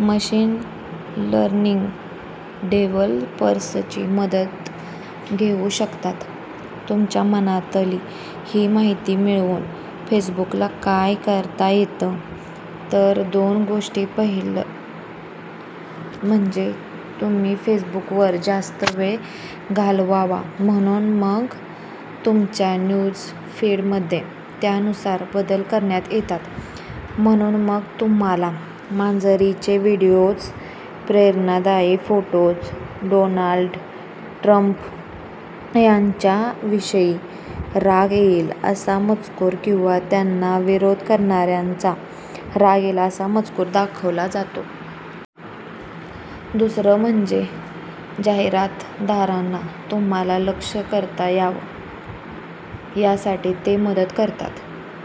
Machine learning डेव्हलपर्सची मदत घेऊ शकतात. तुमच्या मनातली ही माहिती मिळवून फेसबुकला काय करता येतं? तर दोन गोष्टी पहिलं म्हणजे तुम्ही फेसबुकवर जास्त वेळ घालवावा म्हणून मग तुमच्या न्यूजफीडमध्ये त्यानुसार बदल करण्यात येतात. म्हणून मग तुम्हाला मांजरींचे व्हिडिओज, प्रेरणादायी फोटोज, डोनाल्ड ट्रंप यांच्याविषयी राग येईल असा मजकूर किंवा त्यांना विरोध करणाऱ्यांचा राग येईल असा मजकूर दाखवला जातो. दुसरं म्हणजे जाहिरातदारांना तुम्हाला लक्ष करता यावं, यासाठी ते मदत करतात.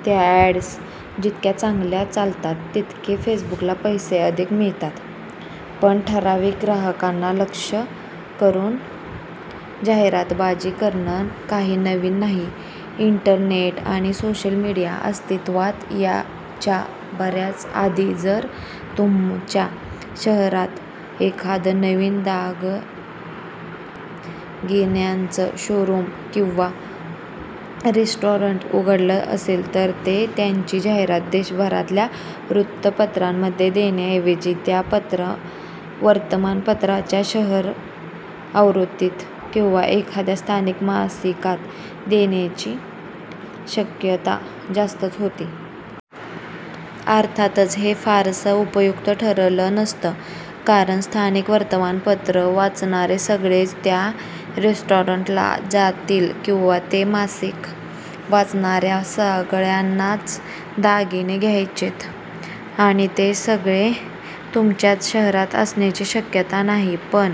त्या अॅड्स जितक्या चांगल्या चालतात, तितके फेसबुकला पैसे अधिक मिळतात. पण ठराविक ग्राहकांना लक्ष्य करून जाहिरातबाजी करणं काही नवीन नाही. इंटरनेट आणि सोशल मीडिया अस्तित्त्वात यायच्या बऱ्याच आधी जर तुमच्या शहरात एखादं नवीन दागिन्यांचं शोरूम किंवा रेस्टॉरंट उघडलं असेल तर ते त्याची जाहिरात देशभरातल्या वृत्तपत्रांमध्ये देण्याऐवजी त्या वर्तमानपत्राच्या शहर आवृत्तीत किंवा एखाद्या स्थानिक मासिकात देण्याची शक्यता जास्तच होती. अर्थातच हे फारसं उपयुक्त ठरलं नसतं, कारण स्थानिक वर्तमानपत्रं वाचणारे सगळेच त्या रेस्टॉरंटला जातील किंवा ते मासिक वाचणाऱ्या सगळ्यांनाच दागिने घ्यायचेत आणि ते सगळे तुमच्याच शहरात असण्याची शक्यता नाही. पण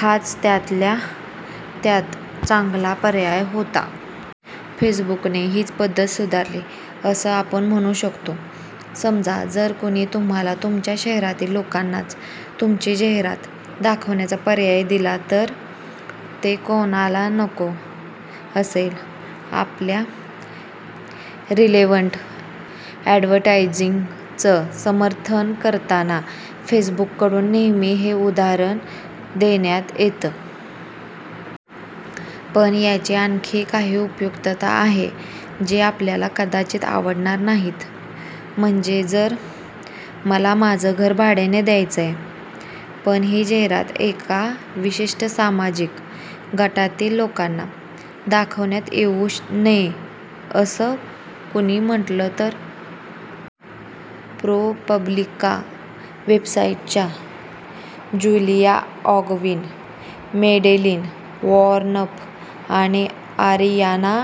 हाच त्यातल्या त्यात चांगला पर्याय होता. फेसबुकने हीच पद्धत सुधारली, असं आपण म्हणू शकतो. समजा जर कुणी तुम्हाला तुमच्याच शहरातील लोकांनाच तुमची जाहिरात दाखवण्याचा पर्याय दिला तर ते कुणाला नको असेल? आपल्या 'रिलेव्हंट अॅडव्हर्टायझिंग'चं समर्थन करताना फेसबुककडून नेहमी हे उदाहरण देण्यात येतं. पण याची आणखी काही उपयुक्तता आहे, जी आपल्याला कदाचित आवडणार नाहीत. म्हणजे जर मला माझं घर भाड्याने द्यायचंय, पण ही जाहिरात एका विशिष्ट सामाजिक गटातील लोकांना दाखवण्यात येऊ नये, असं कुणी म्हटलं तर? प्रो-पब्लिका वेबसाईटच्या ज्युलिया आँगविन, मॅडेलीन वॉर्नप आणि आरियाना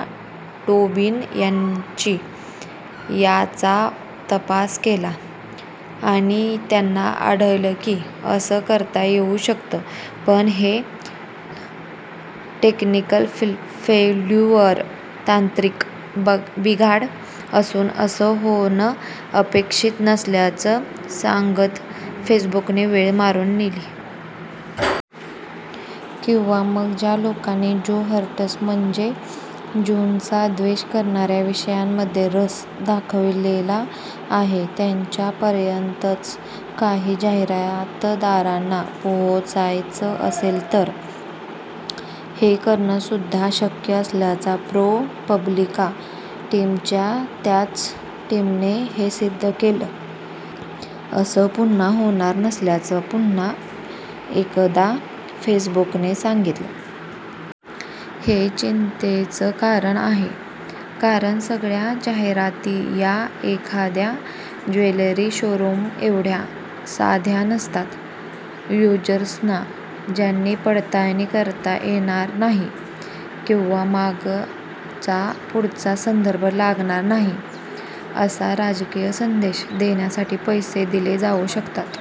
टोबिन यांची याचा तपास केला. आणि त्यांना आढळलं की असं करता येऊ शकतं. पण हे 'टेक्निकल फेल्युअर' तांत्रिक बिघाड असून असं होणं अपेक्षित नसल्याचं सांगत फेसबुकने वेळ मारून नेली. किंवा मग ज्या लोकांनी 'ज्यू हेटर्स' म्हणजे ज्यूंचा द्वेष करणाऱ्या विषयांमध्ये रस दाखवलेला आहे, त्यांच्यापर्यंतच काही जाहिरातदारांना पोहोचायचं असेल तर? हे करणंसुद्धा शक्य असल्याचं प्रो-पब्लिका टीमच्या त्याच टीमने हे सिद्ध केलं. असं पुन्हा होणार नसल्याचं पुन्हा एकदा फेसबुकने सांगितलं. हे चिंतेचं कारण आहे, कारण सगळ्या जाहिराती या एखाद्या ज्वेलरी शोरूमएवढ्या साध्या नसतात. युजर्सना ज्याची पडताळणी करता येणार नाही किंवा मागचापुढचा संदर्भ लागणार नाही, असा राजकीय संदेश देण्यासाठी पैसे दिले जाऊ शकतात.